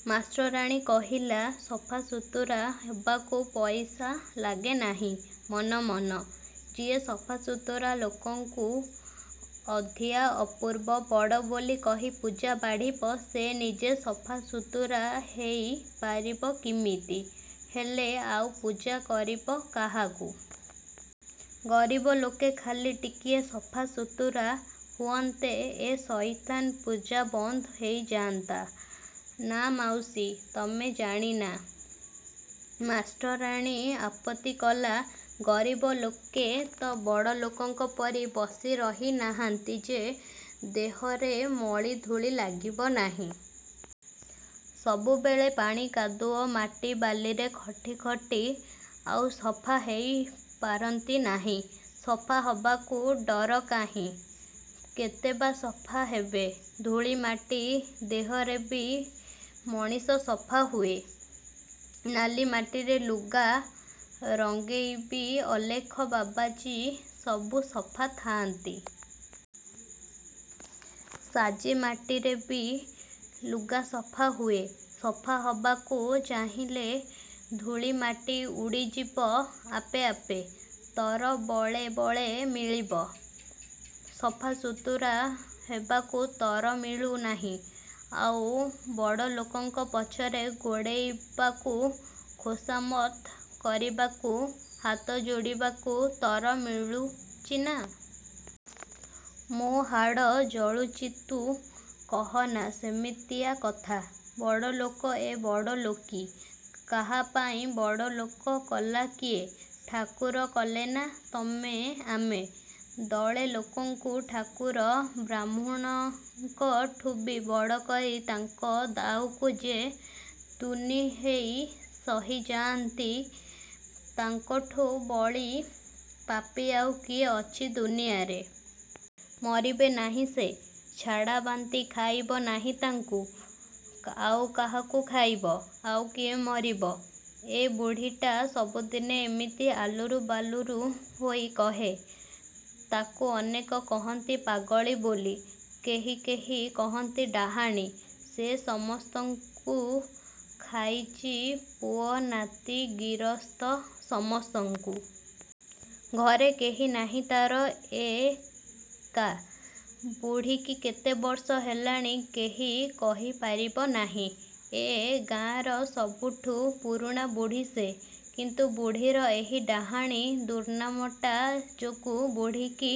' ମାଷ୍ଟରାଣୀ କହିଲା। ''ସଫା ସୁତୁରା ହବାକୁ ପଇସା ଲାଗେ ନାହିଁ ମନ ମନ! ଯିଏ ସଫା ସୁତୁରା ଲୋକଙ୍କୁ ଅଧିଆ, ଅପୂର୍ବ, ବଡ଼ ବୋଲି କହି ପୂଜା ବାଢ଼ିବ ସେ ନିଜେ ସଫା ସୁତୁରା ହେଇ ପାରିବ କିମିତି। ହେଲେ ଆଉ ପୂଜା କରିବ କାହାକୁ? ଗରିବ ଲୋକେ ଖାଲି ଟିକିଏ ସଫା ସୁତୁରା ହୁଅନ୍ତେ ଏ ସଇତାନ ପୂଜା ବନ୍ଦ ହେଇଯାନ୍ତା। '' ''ନା ମାଉସୀ, ତମେ ଜାଣିନା! '' ମାଷ୍ଟରାଣୀ ଆପତ୍ତି କଲା ''ଗରିବ ଲୋକେ ତ ବଡ଼ଲୋକଙ୍କ ପରି ବସି ରହି ନାହାନ୍ତି ଯେ ଦେହରେ ମଳି ଧୂଳି ଲାଗିବ ନାହିଁ। ସବୁବେଳେ ପାଣି କାଦୁଅ, ମାଟି ବାଲିରେ ଖଟି ଖଟି ଆଉ ସଫା ହେଇ ପାରନ୍ତି ନାହିଁ। ସଫା ହବାକୁ ଡର କାହିଁ? କେତେ ବା ସଫା ହେବେ? '' ''ଧୂଳି ମାଟି ଦେହରେବି ମଣିଷ ସଫା ହୁଏ। ନାଲିମାଟିରେ ଲୁଗା ରଙ୍ଗେଇବି ଅଲେଖ ବାବାଜି ସବୁ ସଫା ଥାଆନ୍ତି। ସାଜି ମାଟିରେବି ଲୁଗା ସଫା ହୁଏ। ସଫା ହବାକୁ ଚାହିଲେ ଧୂଳି ମାଟି ଉଡ଼ି ଯିବ ଆପେ ଆପେ। ତର ବଳେ ବଳେ ମିଳିବ। ସଫା ସୁତୁରା ହେବାକୁ ତର ମିଳୁ ନାହିଁ, ଆଉ ବଡ଼ଲୋକଙ୍କ ପଛରେ ଗୋଡ଼େଇବାକୁ, ଖୋସାମତ୍ କରିବାକୁ, ହାତ ଯୋଡ଼ିବାକୁ ତର ମିଳୁଚିନା? ମୋ ହାଡ଼ ଜଳୁଚିତୁ କହନା ସେମିତିଆ କଥା। ବଡ଼ଲୋକ ଏ ବଡ଼ଲୋକୀ। କାହାପାଇଁ ବଡ଼ଲୋକ କଲା କିଏ? ଠାକୁର କଲେନା, ତମେ ଆମେ? ଦଳେ ଲୋକଙ୍କୁ ଠାକୁର ବାହ୍ମୁଣଙ୍କଠୁବି ବଡ଼ କରି ତାଙ୍କ ଦାଉକୁ ଯେ ତୁନି ହେଇ ସହି ଯାଆନ୍ତି ତାଙ୍କଠୁ ବଳି ପାପୀ ଆଉ କିଏ ଅଛି ଦୁନିଆରେ? ମରିବେ ନାହିଁ ସେ? ଝାଡ଼ାବାନ୍ତି ଖାଇବ ନାହିଁ ତାଙ୍କୁ? ଆଉ କାହାକୁ ଖାଇବ? ଆଉ କିଏ ମରିବ? '' ଏ ବୁଢ଼ୀଟା ସବୁଦିନେ ଏମିତି ଆଲୁରୁ ବାଲୁରୁ ହୋଇ କହେ। ତାକୁ ଅନେକ କହନ୍ତି ପାଗଳି ବୋଲି। କେହି କେହି କହନ୍ତି ଡାହାଣୀ। ସେ ସମସ୍ତଙ୍କୁ ଖାଇଚି ପୁଅ ନାତି ଗିରସ୍ତ ସମସ୍ତଙ୍କୁ। ଘରେ କେହି ନାହିଁ ତା'ରଏ କା। ବୁଢ଼ୀକି କେତେ ବର୍ଷ ହେଲାଣି କେହି କହି ପାରିବ ନାହିଁ। ଏ ଗାଁର ସବୁଠୁ ପୁରୁଣା ବୁଢ଼ୀ ସେ। କିନ୍ତୁ ବୁଢ଼ୀର ଏହି ଡାହାଣୀ ଦୁର୍ନାମଟା ଯୋଗୁଁ ବୁଢ଼ୀକି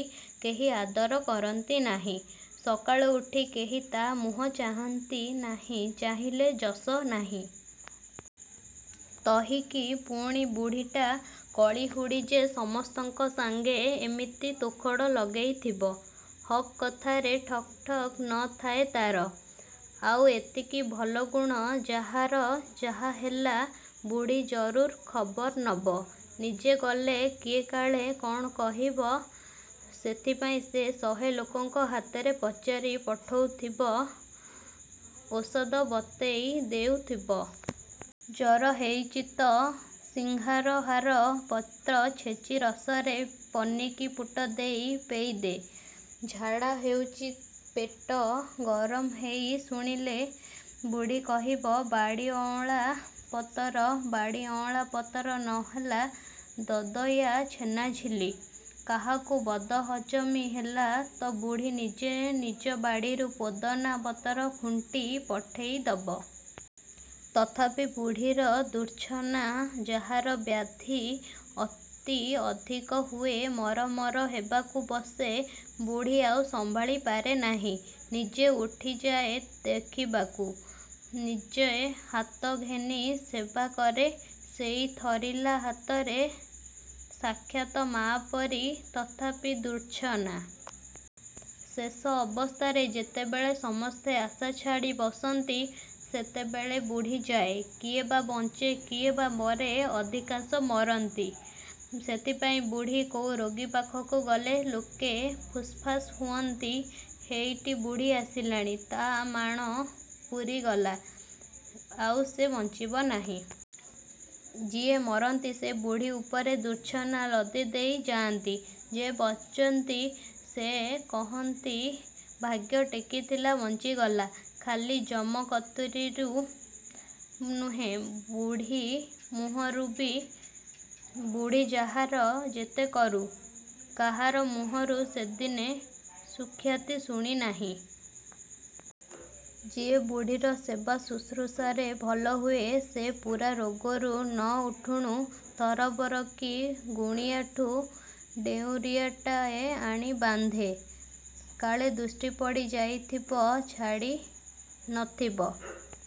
କେହି ଆଦର କରନ୍ତି ନାହିଁ। ସକାଳୁ ଉଠି କେହି ତା' ମୁହଁ ଚାହାଁନ୍ତି ନାହିଁ ଚାହିଁଲେ ଯଶ ନାହିଁ। ତହିଁକି ପୁଣି ବୁଢ଼ୀଟା କଳିହୁଡ଼ି ଯେ ସମସ୍ତଙ୍କ ସାଙ୍ଗେ ଏମିତି ତୋଖଡ଼ ଲଗେଇଥିବ। ହକ୍ କଥାରେ ଠକ ଠକ ନ ଥାଏ ତା'ର। ଆଉ ଏତିକି ଭଲ ଗୁଣ, ଯାହାର ଯାହା ହେଲା ବୁଢ଼ୀ ଜରୁର୍ ଖବର ନବ। ନିଜେ ଗଲେ କିଏ କାଳେ କ'ଣ କହିବ, ସେଥିପାଇଁ ସେ ଶହେ ଲୋକଙ୍କ ହାତରେ ପଚାରି ପଠଉଥିବ; ଓଷଦ ବତେଇ ଦେଉଥିବ। ଜର ହେଇଚି ତ ସିଂହାରହାର ପତ୍ର ଛେଚି ରସରେ ପନିକି ପୁଟ ଦେଇ ପେଇଦେ। ଝାଡ଼ା ହେଉଚି ପେଟ ଗରମ ହେଇ ଶୁଣିଲେ ବୁଢ଼ୀ କହିବ ବାଡ଼ିଅଁଳା ପତର ବାଡ଼ିଅଁଳା ପତର ନ ହେଲା; ଦଦୟା ଛେନାଝିଲ୍ଲି । କାହାକୁ ବଦହଜମି ହେଲା ତ ବୁଢ଼ୀ ନିଜେ ନିଜ ବାଡ଼ିରୁ ପୋଦନା ପତର ଖୁଣ୍ଟି ପଠେଇ ଦବ। ତଥାପି ବୁଢ଼ୀର ଦୁର୍ଚ୍ଛନା। ଯାହାର ବ୍ୟାଧି ଅତି ଅଧିକ ହୁଏ ମର ମର ହେବାକୁ ବସେ ବୁଢ଼ୀ ଆଉ ସମ୍ଭାଳି ପାରେ ନାହିଁ। ନିଜେ ଉଠିଯାଏ ଦେଖିବାକୁ। ନିଜେ ହାତ ଘେନି ସେବା କରେ ସେଇ ଥରିଲା ହାତରେ ସାକ୍ଷାତ ମା ପରି। ତଥାପି ଦୁର୍ଚ୍ଛନା। ଶେଷ ଅବସ୍ଥାରେ ଯେତେବେଳେ ସମସ୍ତେ ଆଶା ଛାଡ଼ି ବସନ୍ତି ସେତେବେଳେ ବୁଢ଼ୀ ଯାଏଁ। କିଏ ବା ବଞ୍ଚେ କିଏ ବା ମରେ ଅଧିକାଂଶ ମରନ୍ତି। ସେଥିପାଇଁ ବୁଢ଼ୀ କୋଉ ରୋଗୀ ପାଖକୁ ଗଲେ ଲୋକେ ଫୁସ୍ଫାସ୍ ହୁଅନ୍ତି ହେଇଟି ବୁଢ଼ୀ ଆସିଲାଣି। ତା' ମାଣ ପୂରିଗଲା, ଆଉ ସେ ବଞ୍ଚିବ ନାହିଁ। ଯିଏ ମରନ୍ତି ସେ ବୁଢ଼ୀ ଉପରେ ଦୁର୍ଚ୍ଛନା ଲଦି ଦେଇ ଯାଆନ୍ତି। ଯେ ବଞ୍ଚନ୍ତି, ସେ କହନ୍ତି ଭାଗ୍ୟ ଟେକି ଥିଲା ବଞ୍ଚିଗଲା। ଖାଲି ଯମ କତୁରୀରୁ ନୁହେଁ, ବୁଢ଼ୀ ମୁହଁରୁବି। ବୁଢ଼ୀ ଯାହାର ଯେତେ କରୁ, କାହାର ମୁହଁରୁ ସେ ଦିନେ ସୁଖ୍ୟାତି ଶୁଣି ନାହିଁ। ଯିଏ ବୁଢ଼ୀର ସେବା ଶୁଶ୍ରୂଷାରେ ଭଲ ହୁଏ ସେ ପୂରା ରୋଗରୁ ନ ଉଠୁଣୁ ତରବର କି ଗୁଣିଆଠୁ ଡେଉଁରିଆଟାଏ ଆଣି ବାନ୍ଧେ। କାଳେ ଦୃଷ୍ଟି ପଡ଼ି ଯାଇଥିବ–ଛାଡ଼ି ନ ଥିବ।